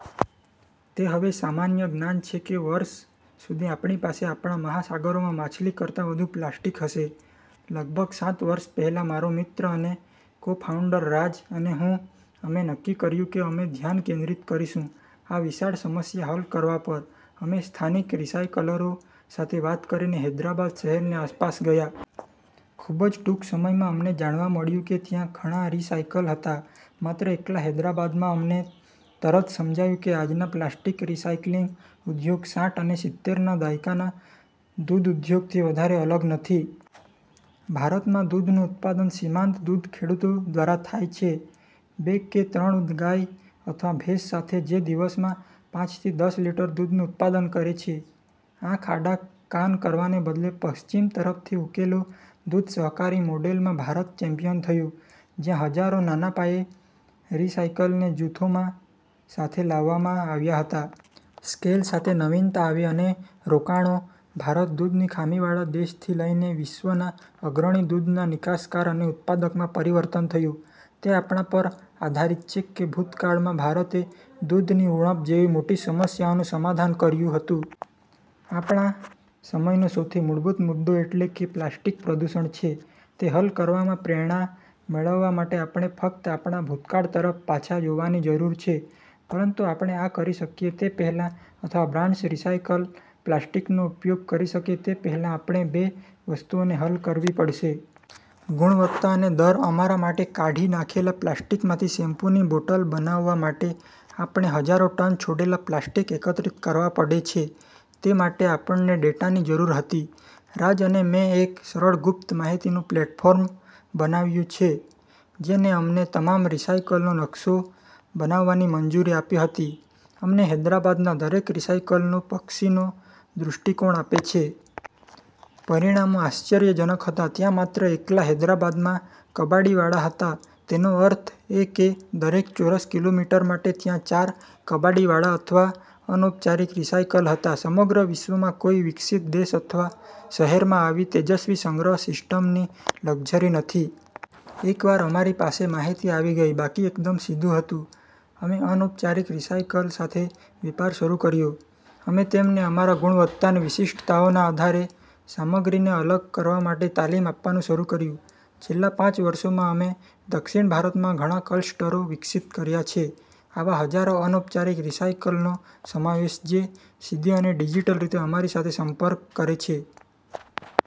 તે હવે સામાન્ય જ્ઞાન છે કે વર્ષ સુધી આપણી પાસે આપણા મહાસાગરોમાં માછલી કરતા વધુ પ્લાસ્ટિક હશે. લગભગ સાત વર્ષ પહેલાં, મારો મિત્ર અને કોફાઉન્ડર રાજ અને હું, અમે નક્કી કર્યું કે અમે ધ્યાન કેન્દ્રિત કરીશું, આ વિશાળ સમસ્યા હલ કરવા પર અમે સ્થાનિક રિસાયકલરો સાથે વાત કરીને હૈદરાબાદ શહેરની આસપાસ ગયા. ખૂબ જ ટૂંક સમયમાં, અમને જાણવા મળ્યું કે ત્યાં ઘણા રિસાયકલ હતા માત્ર એકલા હૈદરાબાદમાં. અમને તરત સમજાયું કે આજના પ્લાસ્ટિક રિસાયક્લિંગ ઉદ્યોગ સાઠ અને સિતેર ના દાયકાના દૂધ ઉદ્યોગ થી વધારે અલગ નથી. ભારત માં દૂધનું ઉત્પાદન સીમાંત દૂધ ખેડુતો દ્વારા થાય છે, બે કે ત્રણ ગાય અથવા ભેંસ સાથે, જે દિવસમાં પાંચથી દસ લિટર દૂધ નું ઉત્પાદન કરે છે. આંખ આડા કાન કરવાને બદલે પશ્ચિમ તરફથી ઉકેલો, દૂધ સહકારી મોડેલમાં ભારત ચેમ્પિયન થયું, જ્યાં હજારો નાના પાયે રિસાયકલને જૂથોમાં સાથે લાવવામાં આવ્યા હતા. સ્કેલ સાથે નવીનતા આવી અને રોકાણો, ભારત દૂધની ખામીવાળા દેશથી લઈને વિશ્વના અગ્રણી દૂધના નિકાસકાર અને ઉત્પાદક માં પરિવર્તન થયું. તે આપણા પર આધારીત છે કે ભૂતકાળમાં ભારતે દૂધની ઉણપ જેવી મોટી સમસ્યાઓનું સમાધાન કર્યું હતું. આપણા સમયનો સૌથી મૂળભૂત મુદ્દો એટલે કે પ્લાસ્ટિક પ્રદૂષણ છે, તે હલ કરવામાં પ્રેરણા મેળવવા માટે આપણે ફક્ત આપણા ભૂતકાળ તરફ પાછા જોવાની જરૂર છે, પરંતુ આપણે આ કરી શકીએ તે પહેલાં અથવા બ્રાન્ડસ્ રિસાયકલ પ્લાસ્ટિકનો ઉપયોગ કરી શકે તે પહેલાં, આપણે બે વસ્તુઓને હલ કરવી પડશે. ગુણવત્તા અને દર અમારા માટે કાઢી નાખેલા પ્લાસ્ટિકમાંથી શેમ્પૂ ની બોટલ બનાવવા માટે, આપણે હજારો ટન છોડેલા પ્લાસ્ટિક એકત્રિત કરવા પડે છે. તે માટે, આપણને ડેટાની જરૂર હતી. રાજ અને મેં એક સરળ ગુપ્ત માહિતીનું પ્લેટફોર્મ બનાવ્યું છે જેને અમને તમામ રિસાયકલનો નકશો બનાવવાની મંજૂરી આપી હતી, અમને હૈદરાબાદના દરેક રિસાયકલનો પક્ષીનો દૃષ્ટિકોણ આપે છે. પરિણામો આશ્ચર્યજનક હતા. ત્યાં માત્ર એકલા હૈદરાબાદમાં કબાડીવાળા હતા. તેનો અર્થ એ કે દરેક ચોરસ કિલોમીટર માટે, ત્યાં ચાર કબાડીવાળા અથવા અનૌપચારિક રિસાયકલ હતા. સમગ્ર વિશ્વમાં કોઈ વિકસિત દેશ અથવા શહેરમાં આવી તેજસ્વી સંગ્રહ સિસ્ટમની લક્ઝરી નથી. એકવાર અમારી પાસે માહિતી આવી ગઇ, બાકી એકદમ સીધું હતું. અમે અનૌપચારિક રિસાયકલ સાથે વેપાર શરૂ કર્યો, અમે તેમને અમારા ગુણવત્તાની વિશિષ્ટતાઓના આધારે સામગ્રીને અલગ કરવા માટે તાલીમ આપવાનું શરૂ કર્યું. છેલ્લાં પાંચ વર્ષોમાં, અમે દક્ષિણ ભારતમાં ઘણા ક્લસ્ટરો વિકસિત કર્યા છે, આવા હજારો અનૌપચારિક રિસાયકલનો સમાવેશ, જે સીધી અને ડિજિટલ રીતે અમારી સાથે સંપર્ક કરે છે.